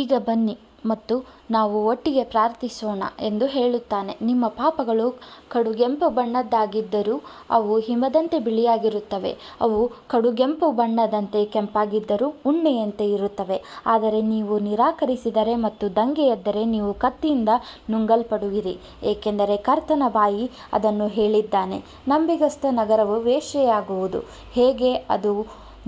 ಈಗ ಬನ್ನಿ ಮತ್ತು ನಾವು ಒಟ್ಟಿಗೆ ಪ್ರಾರ್ಥಿಸೋಣ ಎಂದು ಹೇಳುತ್ತಾನೆ ನಿಮ್ಮ ಪಾಪಗಳು ಕಡುಗೆಂಪು ಬಣ್ಣದ್ದಾಗಿದ್ದರೂ ಅವು ಹಿಮದಂತೆ ಬಿಳಿಯಾಗಿರುತ್ತವೆ, ಅವು ಕಡುಗೆಂಪು ಬಣ್ಣದಂತೆ ಕೆಂಪಾಗಿದ್ದರೂ ಉಣ್ಣೆಯಂತೆ ಇರುತ್ತವೆ ಆದರೆ ನೀವು ನಿರಾಕರಿಸಿದರೆ ಮತ್ತು ದಂಗೆಯೆದ್ದರೆ ನೀವು ಕತ್ತಿಯಿಂದ ನುಂಗಲ್ಪಡುವಿರಿ, ಏಕೆಂದರೆ ಕರ್ತನ ಬಾಯಿ ಅದನ್ನು ಹೇಳಿದ್ದಾನೆ ನಂಬಿಗಸ್ತ ನಗರವು ವೇಶ್ಯೆಯಾಗುವುದು ಹೇಗೆ ಅದು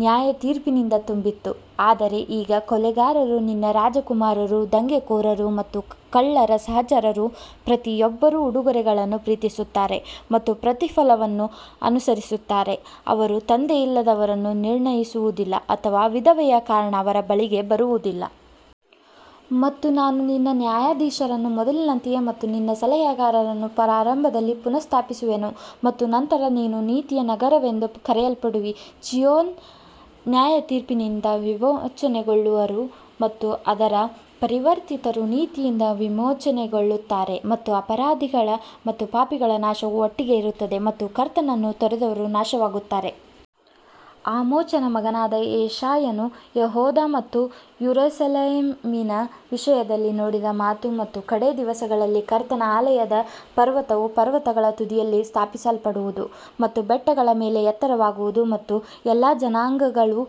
ನ್ಯಾಯತೀರ್ಪಿನಿಂದ ತುಂಬಿತ್ತು ಆದರೆ ಈಗ ಕೊಲೆಗಾರರು ನಿನ್ನ ರಾಜಕುಮಾರರು ದಂಗೆಕೋರರು ಮತ್ತು ಕಳ್ಳರ ಸಹಚರರು ಪ್ರತಿಯೊಬ್ಬರೂ ಉಡುಗೊರೆಗಳನ್ನು ಪ್ರೀತಿಸುತ್ತಾರೆ ಮತ್ತು ಪ್ರತಿಫಲವನ್ನು ಅನುಸರಿಸುತ್ತಾರೆ ಅವರು ತಂದೆಯಿಲ್ಲದವರನ್ನು ನಿರ್ಣಯಿಸುವುದಿಲ್ಲ ಅಥವಾ ವಿಧವೆಯ ಕಾರಣ ಅವರ ಬಳಿಗೆ ಬರುವುದಿಲ್ಲ. ಮತ್ತು ನಾನು ನಿನ್ನ ನ್ಯಾಯಾಧೀಶರನ್ನು ಮೊದಲಿನಂತೆಯೇ ಮತ್ತು ನಿನ್ನ ಸಲಹೆಗಾರರನ್ನು ಪ್ರಾರಂಭದಲ್ಲಿ ಪುನಸ್ಸ್ಥಾಪಿಸುವೆನು ಮತ್ತು ನಂತರ ನೀನು ನೀತಿಯ ನಗರವೆಂದು ಕರೆಯಲ್ಪಡುವಿ ಚೀಯೋನ್ ನ್ಯಾಯತೀರ್ಪಿನಿಂದ ವಿಮೋಚನೆಗೊಳ್ಳುವರು ಮತ್ತು ಅದರ ಪರಿವರ್ತಿತರು ನೀತಿಯಿಂದ ವಿಮೋಚನೆಗೊಳ್ಳುತ್ತಾರೆ ಮತ್ತು ಅಪರಾಧಿಗಳ ಮತ್ತು ಪಾಪಿಗಳ ನಾಶವು ಒಟ್ಟಿಗೆ ಇರುತ್ತದೆ ಮತ್ತು ಕರ್ತನನ್ನು ತೊರೆದವರು ನಾಶವಾಗುತ್ತಾರೆ. ಆಮೋಚನ ಮಗನಾದ ಯೆಶಾಯನು ಯೆಹೂದ ಮತ್ತು ಯೆರೂಸಲೇಮಿನ ವಿಷಯದಲ್ಲಿ ನೋಡಿದ ಮಾತು ಮತ್ತು ಕಡೇ ದಿವಸಗಳಲ್ಲಿ ಕರ್ತನ ಆಲಯದ ಪರ್ವತವು ಪರ್ವತಗಳ ತುದಿಯಲ್ಲಿ ಸ್ಥಾಪಿಸಲ್ಪಡುವದು ಮತ್ತು ಬೆಟ್ಟಗಳ ಮೇಲೆ ಎತ್ತರವಾಗುವದು ಮತ್ತು ಎಲ್ಲಾ ಜನಾಂಗಗಳು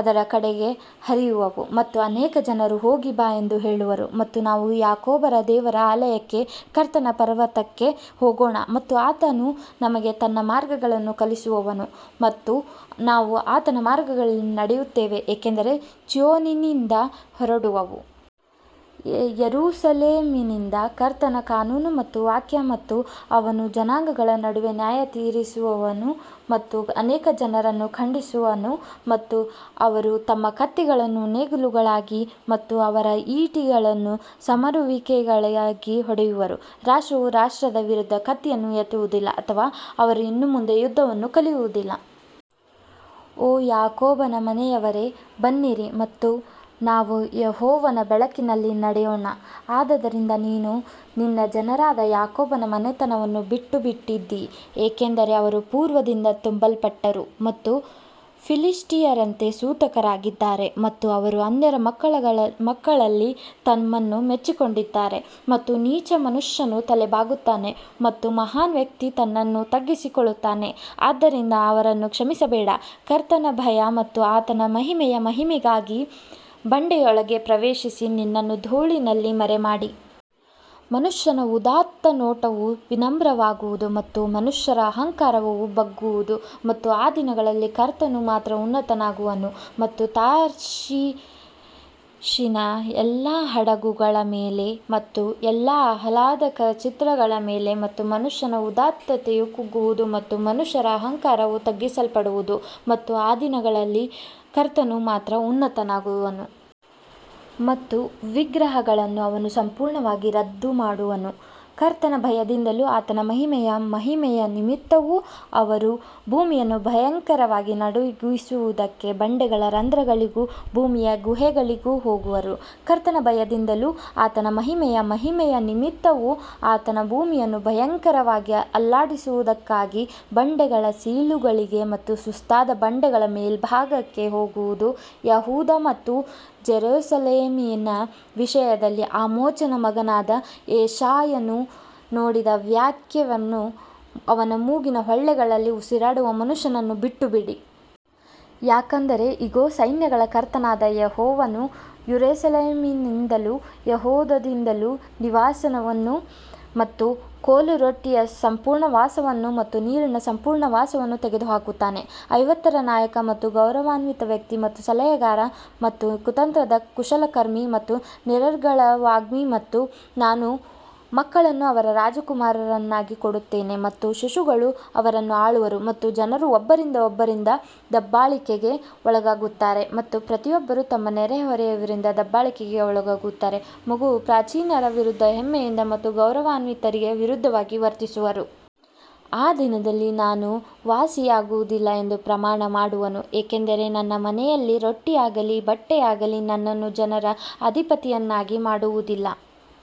ಅದರ ಕಡೆಗೆ ಹರಿಯುವವು. ಮತ್ತು ಅನೇಕ ಜನರು ಹೋಗಿ ಬಾ ಎಂದು ಹೇಳುವರು ಮತ್ತು ನಾವು ಯಾಕೋಬನ ದೇವರ ಆಲಯಕ್ಕೆ ಕರ್ತನ ಪರ್ವತಕ್ಕೆ ಹೋಗೋಣ ಮತ್ತು ಆತನು ನಮಗೆ ತನ್ನ ಮಾರ್ಗಗಳನ್ನು ಕಲಿಸುವನು ಮತ್ತು ನಾವು ಆತನ ಮಾರ್ಗಗಳಲ್ಲಿ ನಡೆಯುತ್ತೇವೆ ಏಕೆಂದರೆ ಚೀಯೋನಿನಿಂದ ಹೊರಡುವವು. ಯೆರೂಸಲೇಮಿನಿಂದ ಕರ್ತನ ಕಾನೂನು ಮತ್ತು ವಾಕ್ಯ ಮತ್ತು ಅವನು ಜನಾಂಗಗಳ ನಡುವೆ ನ್ಯಾಯತೀರಿಸುವನು ಮತ್ತು ಅನೇಕ ಜನರನ್ನು ಖಂಡಿಸುವನು ಮತ್ತು ಅವರು ತಮ್ಮ ಕತ್ತಿಗಳನ್ನು ನೇಗಿಲುಗಳಾಗಿ ಮತ್ತು ಅವರ ಈಟಿಗಳನ್ನು ಸಮರುವಿಕೆಗಳಾಗಿ ಹೊಡೆಯುವರು ರಾಷ್ಟ್ರವು ರಾಷ್ಟ್ರದ ವಿರುದ್ಧ ಕತ್ತಿಯನ್ನು ಎತ್ತುವುದಿಲ್ಲ ಅಥವಾ ಅವರು ಇನ್ನು ಮುಂದೆ ಯುದ್ಧವನ್ನು ಕಲಿಯುವುದಿಲ್ಲ. ಓ ಯಾಕೋಬನ ಮನೆಯವರೇ ಬನ್ನಿರಿ ಮತ್ತು ನಾವು ಯೆಹೋವನ ಬೆಳಕಿನಲ್ಲಿ ನಡೆಯೋಣ ಆದದರಿಂದ ನೀನು ನಿನ್ನ ಜನರಾದ ಯಾಕೋಬನ ಮನೆತನವನ್ನು ಬಿಟ್ಟುಬಿಟ್ಟಿದ್ದೀ, ಏಕೆಂದರೆ ಅವರು ಪೂರ್ವದಿಂದ ತುಂಬಲ್ಪಟ್ಟರು ಮತ್ತು ಫಿಲಿಷ್ಟಿಯರಂತೆ ಸೂತಕರಾಗಿದ್ದಾರೆ ಮತ್ತು ಅವರು ಅನ್ಯರ ಮಕ್ಕಳಲ್ಲಿ ತಮ್ಮನ್ನು ಮೆಚ್ಚಿಕೊಂಡಿದ್ದಾರೆ. ಮತ್ತು ನೀಚ ಮನುಷ್ಯನು ತಲೆಬಾಗುತ್ತಾನೆ ಮತ್ತು ಮಹಾನ್ ವ್ಯಕ್ತಿ ತನ್ನನ್ನು ತಗ್ಗಿಸಿಕೊಳ್ಳುತ್ತಾನೆ ಆದ್ದರಿಂದ ಅವರನ್ನು ಕ್ಷಮಿಸಬೇಡ ಕರ್ತನ ಭಯ ಮತ್ತು ಆತನ ಮಹಿಮೆಯ ಮಹಿಮೆಗಾಗಿ ಬಂಡೆಯೊಳಗೆ ಪ್ರವೇಶಿಸಿ ನಿನ್ನನ್ನು ಧೂಳಿನಲ್ಲಿ ಮರೆಮಾಡಿ. ಮನುಷ್ಯನ ಉದಾತ್ತ ನೋಟವು ವಿನಮ್ರವಾಗುವದು ಮತ್ತು ಮನುಷ್ಯರ ಅಹಂಕಾರವು ಬಗ್ಗುವದು ಮತ್ತು ಆ ದಿನದಲ್ಲಿ ಕರ್ತನು ಮಾತ್ರ ಉನ್ನತನಾಗುವನು ಮತ್ತು ತಾರ್ಷಿಷಿನ ಎಲ್ಲಾ ಹಡಗುಗಳ ಮೇಲೆ ಮತ್ತು ಎಲ್ಲಾ ಆಹ್ಲಾದಕರ ಚಿತ್ರಗಳ ಮೇಲೆ ಮತ್ತು ಮನುಷ್ಯನ ಉದಾತ್ತತೆಯು ಕುಗ್ಗುವದು ಮತ್ತು ಮನುಷ್ಯರ ಅಹಂಕಾರವು ತಗ್ಗಿಸಲ್ಪಡುವದು ಮತ್ತು ಆ ದಿನದಲ್ಲಿ ಕರ್ತನು ಮಾತ್ರ ಉನ್ನತನಾಗುವನು. ಮತ್ತು ವಿಗ್ರಹಗಳನ್ನು ಅವನು ಸಂಪೂರ್ಣವಾಗಿ ರದ್ದುಮಾಡುವನು ಕರ್ತನ ಭಯದಿಂದಲೂ ಆತನ ಮಹಿಮೆಯ ಮಹಿಮೆಯ ನಿಮಿತ್ತವೂ ಅವರು ಭೂಮಿಯನ್ನು ಭಯಂಕರವಾಗಿ ನಡುಗಿಸುವದಕ್ಕೆ ಬಂಡೆಗಳ ರಂಧ್ರಗಳಿಗೂ ಭೂಮಿಯ ಗುಹೆಗಳಿಗೂ ಹೋಗುವರು. ಕರ್ತನ ಭಯದಿಂದಲೂ ಆತನ ಮಹಿಮೆಯ ಮಹಿಮೆಯ ನಿಮಿತ್ತವೂ ಆತನು ಭೂಮಿಯನ್ನು ಭಯಂಕರವಾಗಿ ಅಲ್ಲಾಡಿಸುವದಕ್ಕಾಗಿ ಬಂಡೆಗಳ ಸೀಳುಗಳಿಗೆ ಮತ್ತು ಸುಸ್ತಾದ ಬಂಡೆಗಳ ಮೇಲ್ಭಾಗಕ್ಕೆ ಹೋಗುವುದು ಯೆಹೂದ ಮತ್ತು ಜೆರುಸಲೇಮಿನ ವಿಷಯದಲ್ಲಿ ಆಮೋಚನ ಮಗನಾದ ಯೆಶಾಯನು ನೋಡಿದ ವಾಕ್ಯವನ್ನು ಅವನ ಮೂಗಿನ ಹೊಳ್ಳೆಗಳಲ್ಲಿ ಉಸಿರಾಡುವ ಮನುಷ್ಯನನ್ನು ಬಿಟ್ಟುಬಿಡಿ. ಯಾಕಂದರೆ ಇಗೋ, ಸೈನ್ಯಗಳ ಕರ್ತನಾದ ಯೆಹೋವನು ಯೆರೂಸಲೇಮಿನಿಂದಲೂ ಯೆಹೂದದಿಂದಲೂ ನಿವಾಸವನ್ನು ಮತ್ತು ಕೋಲು ರೊಟ್ಟಿಯ ಸಂಪೂರ್ಣ ವಾಸವನ್ನು ಮತ್ತು ನೀರಿನ ಸಂಪೂರ್ಣ ವಾಸವನ್ನು ತೆಗೆದುಹಾಕುತ್ತಾನೆ. ಐವತ್ತರ ನಾಯಕ ಮತ್ತು ಗೌರವಾನ್ವಿತ ವ್ಯಕ್ತಿ ಮತ್ತು ಸಲಹೆಗಾರ ಮತ್ತು ಕುತಂತ್ರದ ಕುಶಲಕರ್ಮಿ ಮತ್ತು ನಿರರ್ಗಳ ವಾಗ್ಮಿ ಮತ್ತು ನಾನು ಮಕ್ಕಳನ್ನು ಅವರ ರಾಜಕುಮಾರರನ್ನಾಗಿ ಕೊಡುತ್ತೇನೆ ಮತ್ತು ಶಿಶುಗಳು ಅವರನ್ನು ಆಳುವರು ಮತ್ತು ಜನರು ಒಬ್ಬರಿಂದ ಒಬ್ಬರಿಂದ ದಬ್ಬಾಳಿಕೆಗೆ ಒಳಗಾಗುತ್ತಾರೆ ಮತ್ತು ಪ್ರತಿಯೊಬ್ಬರು ತಮ್ಮ ನೆರೆಹೊರೆಯವರಿಂದ ದಬ್ಬಾಳಿಕೆಗೆ ಒಳಗಾಗುತ್ತಾರೆ, ಮಗುವು ಪ್ರಾಚೀನರ ವಿರುದ್ಧ ಹೆಮ್ಮೆಯಿಂದ ಮತ್ತು ಗೌರವಾನ್ವಿತರಿಗೆ ವಿರುದ್ಧವಾಗಿ ವರ್ತಿಸುವರು. ಆ ದಿನದಲ್ಲಿ ನಾನು ವಾಸಿಯಾಗುವುದಿಲ್ಲ ಎಂದು ಪ್ರಮಾಣ ಮಾಡುವನು, ಏಕೆಂದರೆ ನನ್ನ ಮನೆಯಲ್ಲಿ ರೊಟ್ಟಿಯಾಗಲಿ ಬಟ್ಟೆಯಾಗಲಿ ನನ್ನನ್ನು ಜನರ ಅಧಿಪತಿಯನ್ನಾಗಿ ಮಾಡುವುದಿಲ್ಲ.